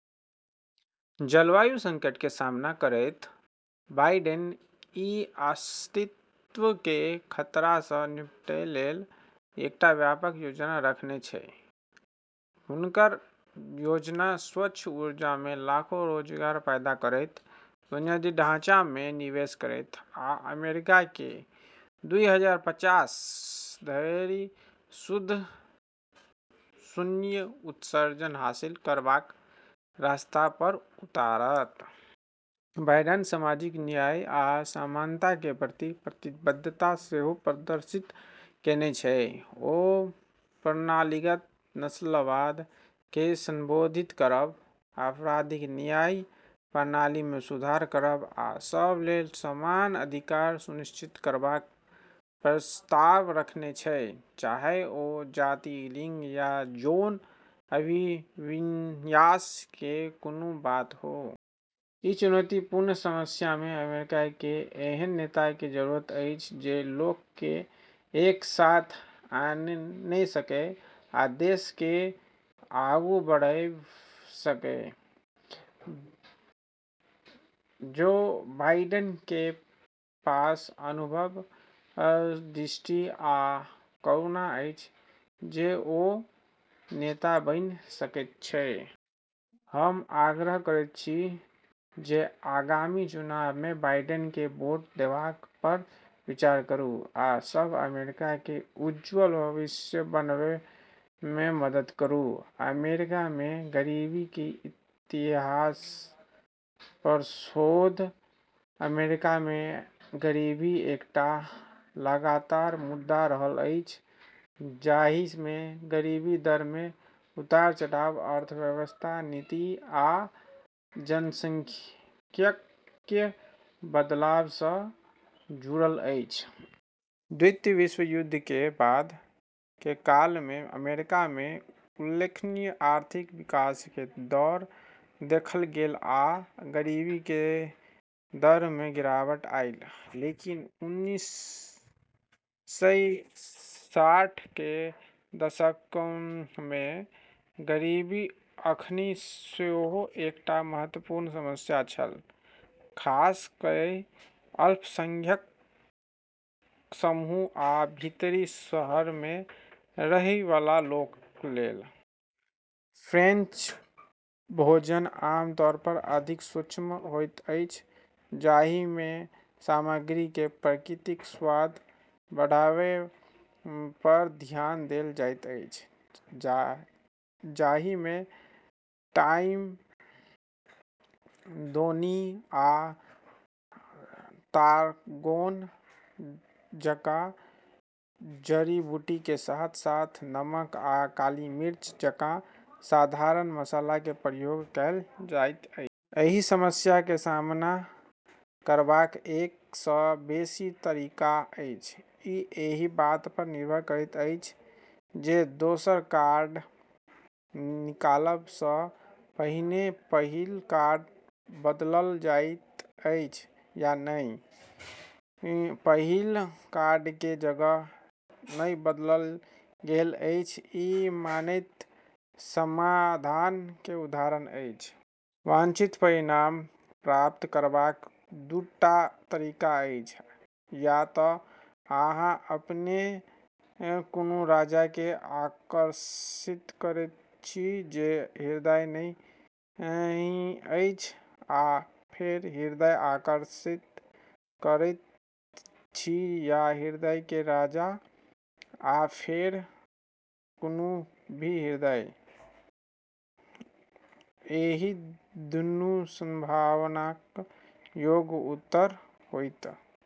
जलवायु संकट के सामना करैत बाइडेन ई अस्तित्व के खतरा सँ निपटै लेल एकटा व्यापक योजना रखने छै। हुनकर योजना स्वच्छ ऊर्जा मे लाखो रोजगार पैदा करत, बुनियादी ढाँचा मे निवेश करत, आ अमेरिका के दुई हजार पचास धरि शुद्ध शून्य उत्सर्जन हासिल करबाक रास्ता पर उतारत। बाइडेन सामाजिक न्याय आ समानता के प्रति प्रतिबद्धता सेहो प्रदर्शित केने छै। ओ प्रणालीगत नस्लवाद के संबोधित करब, आपराधिक न्याय प्रणाली मे सुधार करब, आ सब लेल समान अधिकार सुनिश्चित करबाक प्रस्ताव रखने छै, चाहे ओ जाति, लिंग या यौन अभिविन्यास के कोनो बात हो। ई चुनौतीपूर्ण समय मे अमेरिका के एहन नेता के जरूरत अछि जे लोक के एक साथ आने सके आ देश के आगू बढ़एब सके। जो बाइडेन के पास अनुभव, दृष्टि, आ करुणा अछि जे ओ नेता बनि सकैत छै। हम आग्रह करैत छी जे आगामी चुनाव मे बाइडेन के वोट देबाक पर विचार करू आ सब अमेरिकी के उज्जवल भविष्य बनएब मे मदद करू। अमेरिका मे गरीबी के इतिहास पर शोध। अमेरिका मे गरीबी एकटा लगातार मुद्दा रहल अछि, जाहि मे गरीबी दर मे उतार-चढ़ाव अर्थव्यवस्था, नीति आ जनसांख्यिकीय बदलाव सँ जुडल अछि। द्वितीय विश्वयुद्ध के बाद के काल मे अमेरिका मे उल्लेखनीय आर्थिक विकास के दौर देखल गेल आ गरीबी के दर मे गिरावट आयल। लेकिन उन्नीस सय साठ के दशक मे गरीबी अखनी सेहो एकटा महत्वपूर्ण समस्या छल, खास कए अल्पसंख्यक समूह आ भीतरी शहर मे रहय वाला लोक लेल। फ्रेंच भोजन आम तौर पर अधिक सूक्ष्म होइत अछि, जाहि मे सामग्री के प्राकृतिक स्वाद बढ़एबा पर ध्यान देल जाइत अछि, जाहि मे थाइम, दौनी, आ तारगोन जकां जड़ी-बूटी के साथ-साथ नमक आ काली मिर्च जकां साधारण मसाला के प्रयोग कएल जाइत अछि। एहि समस्या के सामना करबाक एक सँ बेसी तरीका अछि, ई एहि बात पर निर्भर करैत अछि जे दोसर कार्ड निकालब सँ पहिने पहिल कार्ड बदलल जायत अछि या नहि। पहिल कार्ड के जगह नहि बदलल गेल अछि ई मानैत समाधान के उदाहरण अछि। वांछित परिणाम प्राप्त करबाक दू टा तरीका अछि या त अहाँ पहिने कोनो राजा के आकर्षित करैत छी जे हृदय नहि अछि आ फेर हृदय आकर्षित करैत छी या हृदय के राजा आ फेर कोनो भी हृदय। एहि दुनू संभावनाक योग उत्तर होयत।